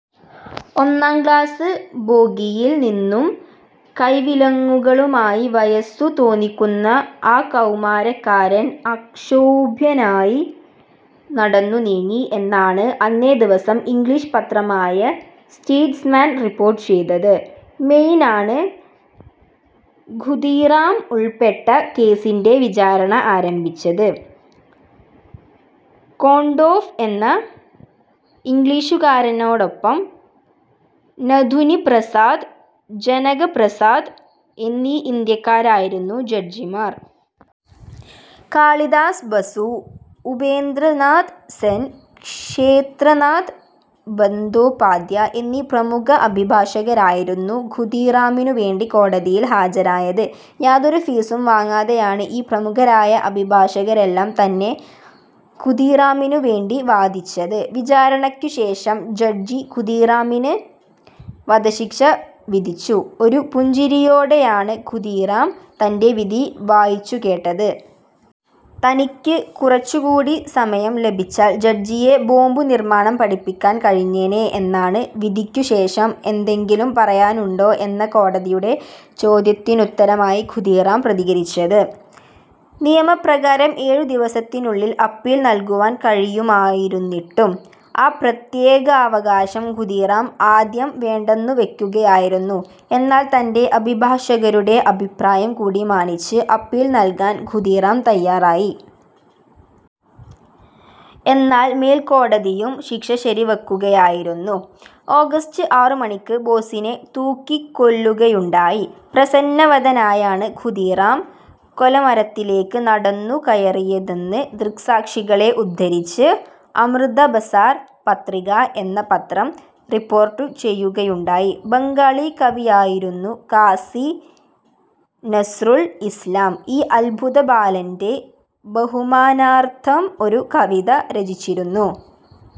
ഒരു ഒന്നാം ക്ലാസ്സ് ബോഗിയിൽ നിന്നും കൈവിലങ്ങുകളുമായി വയസ്സു തോന്നിക്കുന്ന ആ കൗമാരക്കാരൻ അക്ഷോഭ്യനായി നടന്നു നീങ്ങി, എന്നാണ് അന്നേ ദിവസം ഇംഗ്ലീഷ് പത്രമായ സ്റ്റേറ്റ്സ്മാൻ റിപ്പോർട്ട് ചെയ്തത്. മെയ് നാണ് ഖുദീറാം ഉൾപ്പെട്ട കേസിന്റെ വിചാരണ ആരംഭിച്ചത്. കോൺടോഫ് എന്ന ഇംഗ്ലീഷുകാരനോടൊപ്പം, നഥുനിപ്രസാദ്, ജനകപ്രസാദ് എന്നീ ഇന്ത്യക്കാരായിരുന്നു ജഡ്ജിമാർ. കാളിദാസ് ബസു, ഉപേന്ദ്രനാഥ് സെൻ, ക്ഷേത്രനാഥ് ബന്ധോപാധ്യാ എന്നീ പ്രമുഖ അഭിഭാഷകരായിരുന്നു ഖുദീറാമിനു വേണ്ടി കോടതിയിൽ ഹാജരായത്. യാതൊരു ഫീസും വാങ്ങാതെയാണ് ഈ പ്രമുഖരായ അഭിഭാഷകരെല്ലാം തന്നെ ഖുദീറാമിനു വേണ്ടി വാദിച്ചത്. വിചാരണക്കുശേഷം, ജഡ്ജി ഖുദീറാമിന് വധശിക്ഷ വിധിച്ചു. ഒരു പുഞ്ചിരിയോടെയാണ് ഖുദീറാം തന്റെ വിധി വായിച്ചു കേട്ടത്. തനിക്കു കുറച്ചു കൂടി സമയം ലഭിച്ചാൽ ജഡ്ജിയെ ബോംബു നിർമ്മാണം പഠിപ്പിക്കാൻ കഴിഞ്ഞേനെ എന്നാണ് വിധിക്കു ശേഷം എന്തെങ്കിലും പറയാനുണ്ടോ എന്ന കോടതിയുടെ ചോദ്യത്തിനുത്തരമായി ഖുദീറാം പ്രതികരിച്ചത്. നിയമപ്രകാരം ഏഴു ദിവസത്തിനുള്ളിൽ അപ്പീൽ നൽകുവാൻ കഴിയുമായിരുന്നിട്ടും, ആ പ്രത്യേകാവകാശം ഖുദീറാം ആദ്യം വേണ്ടെന്നു വെക്കുകയായിരുന്നു. എന്നാൽ തന്റെ അഭിഭാഷകരുടെ അഭിപ്രായം കൂടി മാനിച്ച്, അപ്പീൽ നൽകാൻ ഖുദീറാം തയ്യാറായി. എന്നാൽ മേൽക്കോടതിയും ശിക്ഷ ശരി വെക്കുകയായിരുന്നു. ഓഗസ്റ്റ്, ആറുമണിക്ക് ബോസിനെ തൂക്കിക്കൊല്ലുകയുണ്ടായി. പ്രസന്നവദനായാണ് ഖുദീറാം കൊലമരത്തിലേക്ക് നടന്നു കയറിയതെന്ന് ദൃക്സാക്ഷികളെ ഉദ്ധരിച്ച് അമൃതബസാർ പത്രിക എന്ന പത്രം റിപ്പോർട്ടു ചെയ്യുകയുണ്ടായി. ബംഗാളി കവിയായിരുന്നു കാസി നസ്രുൾ ഇസ്ലാം, ഈ അത്ഭുത ബാലന്റെ ബഹുമാനാർത്ഥം ഒരു കവിത രചിച്ചിരുന്നു.